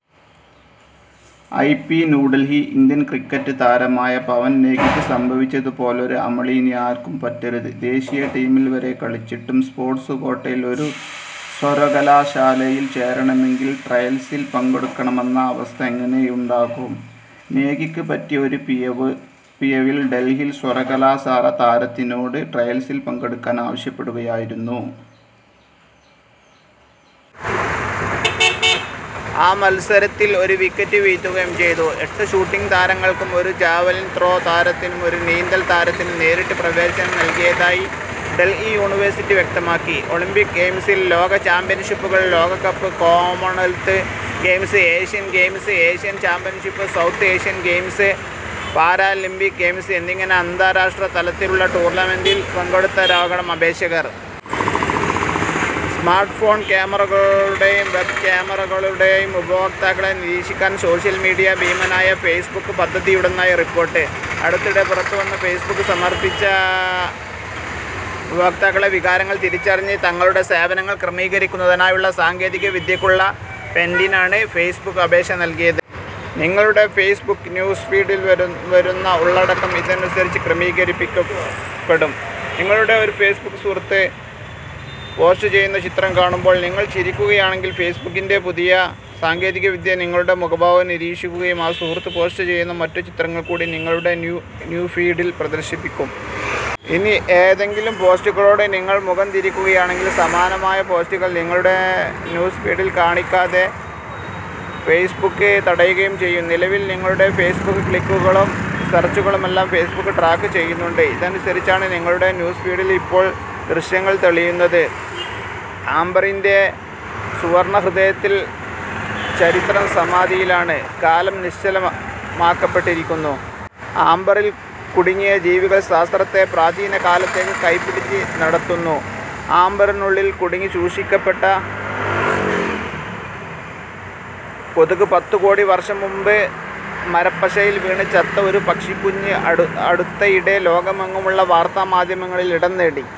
I. P. ന്യൂഡല്ഹി:ഇന്ത്യന് cricket താരമായ പവന് നേഗിക്ക് സംഭവിച്ചതു പോലൊരു അമളി ഇനി ആർക്കും പറ്റരുത്. ദേശീയ ടീമില് വരെ കളിച്ചിട്ടും സ്പോർട്സ് ക്വാട്ടയില് ഒരു സര്വകലാശാലയില് ചേരണമെങ്കില് ട്രയല്സില് പങ്കെടുക്കണമെന്ന അവസ്ഥ എങ്ങനെയുണ്ടാകും. നേഗിക്ക് പറ്റിയ ഒരു പിഴവില് ഡല്ഹി സര്വകലാശാല താരത്തിനോട് ട്രയല്സില് പങ്കെടുക്കാന് ആവശ്യപ്പെടുകയായിരുന്നു. ആ മത്സരത്തില് ഒരു വിക്കറ്റ് വീഴ്ത്തുകയും ചെയ്തു. എട്ട് ഷൂട്ടിങ് താരങ്ങള്ക്കും ഒരു ജാവലിന് ത്രോ താരത്തിനുള്ള ഒരു നീന്തല് താരത്തിനും നേരിട്ട് പ്രവേശനം നല്കിയതായി ഡല്ഹി യൂണിവേഴ്സ്റ്റി വ്യക്തമാക്കി. ഒളിമ്പിക് ഗെയിംസ്, ലോക ചാമ്പ്യന്ഷിപ്പുകൾ, ലോകകപ്പ്, Commonwealth games, Asian games, Asian championship, South Asian games, Paralympic games എന്നിങ്ങനെ അന്താരാഷ്ട്ര തലത്തിലുള്ള ടൂര്ണമെന്റില് പങ്കെടുത്തവരാകണം അപേക്ഷകര്. സ്മാർട്ട് ഫോണ് ക്യാമറകളിലൂടെയും വെബ് ക്യാമറകളിലൂടെയും ഉപഭോക്താക്കളെ നിരീക്ഷിക്കാന് സോഷ്യല് മീഡിയാ ഭീമനായ ഫെയ്സ്ബുക്ക് പദ്ധതിയിടുന്നതായി റിപ്പോർട്ട്. അടുത്തിടെ പുറത്തുവന്ന ഫെയ്സ്ബുക്ക് സമർപ്പിച്ച പേറ്റന്റ് രേഖയിലാണ് ഈ വിവരമുള്ളതെന്ന് ദി ഇന്റിപെന്റന്റ് റിപ്പോർട്ട് ചെയ്യുന്നു. ഉപഭോക്താക്കളുടെ വികാരങ്ങള് തിരിച്ചറിഞ്ഞ് തങ്ങളുടെ സേവനങ്ങള് ക്രമീകരിക്കുന്നതിനായുള്ള സാങ്കേതിക വിദ്യയ്ക്കുള്ള പേറ്റന്റിനാണ് ഫെയ്സ്ബുക്ക് അപേക്ഷ നല്കിയത്. നിങ്ങളുടെ ഫേസ്ബുക്ക് ന്യൂസ് ഫീഡില് വരുന്ന ഉള്ളടക്കം ഇതിനനുസരിച്ച് ക്രമീകരിക്കപ്പെടും. നിങ്ങളുടെ ഒരു ഫേസ്ബുക്ക് സുഹൃത്ത് പോസ്റ്റ് ചെയ്യുന്ന ചിത്രം കാണുമ്പോള് നിങ്ങള് ചിരിക്കുകയാണെങ്കില് ഫേസ്ബുക്കിന്റെ പുതിയ സാങ്കേതിക വിദ്യ നിങ്ങളുടെ മുഖഭാവം നിരീക്ഷിക്കുകയും. ആ സുഹൃത്ത് പോസ്റ്റ് ചെയ്യുന്ന മറ്റുചിത്രങ്ങള് കൂടി നിങ്ങളുടെ ന്യൂ ഫീഡില് പ്രദര്ശിപ്പിക്കും. ഇനി ഏതെങ്കിലും പോസ്റ്റുകളോട് നിങ്ങള് മുഖം തിരിക്കുകയാണെങ്കില് സമാനമായ പോസ്റ്റുകള് നിങ്ങളുടെ ന്യൂസ്ഫീഡില് കാണിക്കാതെ ഫേസ്ബുക്ക് തടയുകയും ചെയ്യും. നിലവില് നിങ്ങളുടെ ഫേസ്ബുക്ക് ക്ലിക്കുകളും സെര്ച്ചുകളുമെല്ലാം ഫേസ്ബുക്ക് ട്രാക്ക് ചെയ്യുന്നുണ്ട്. ഇതിനനുസരിച്ചാണ് നിങ്ങളുടെ ന്യൂസ് ഫീഡില് ഇപ്പോള് ദൃശ്യങ്ങള് തെളിയുന്നത്. ആമ്പറിന്റെ സുവര്ണഹൃദയത്തില് ചരിത്രം സമാധിയിലാണ്, കാലം നിശ്ചലമാക്കപ്പെട്ടിരിക്കുന്നു. ആമ്പറില് കുടുങ്ങിയ ജീവികള് ശാസ്ത്രത്തെ പ്രാചീനകാലത്തേക്ക് കൈപ്പിടിച്ച് നടത്തുന്നു ആമ്പറിനുള്ളില് കുടുങ്ങി സൂക്ഷിക്കപ്പെട്ട കൊതുക് പത്തുകോടി വര്ഷം മുമ്പ് മരപ്പശയില് വീണ് ചത്ത ഒരു പക്ഷിക്കുഞ്ഞ് അടുത്തയിടെ ലോകമെങ്ങുമുള്ള വാര്ത്താമാധ്യമങ്ങളില് ഇടംനേടി.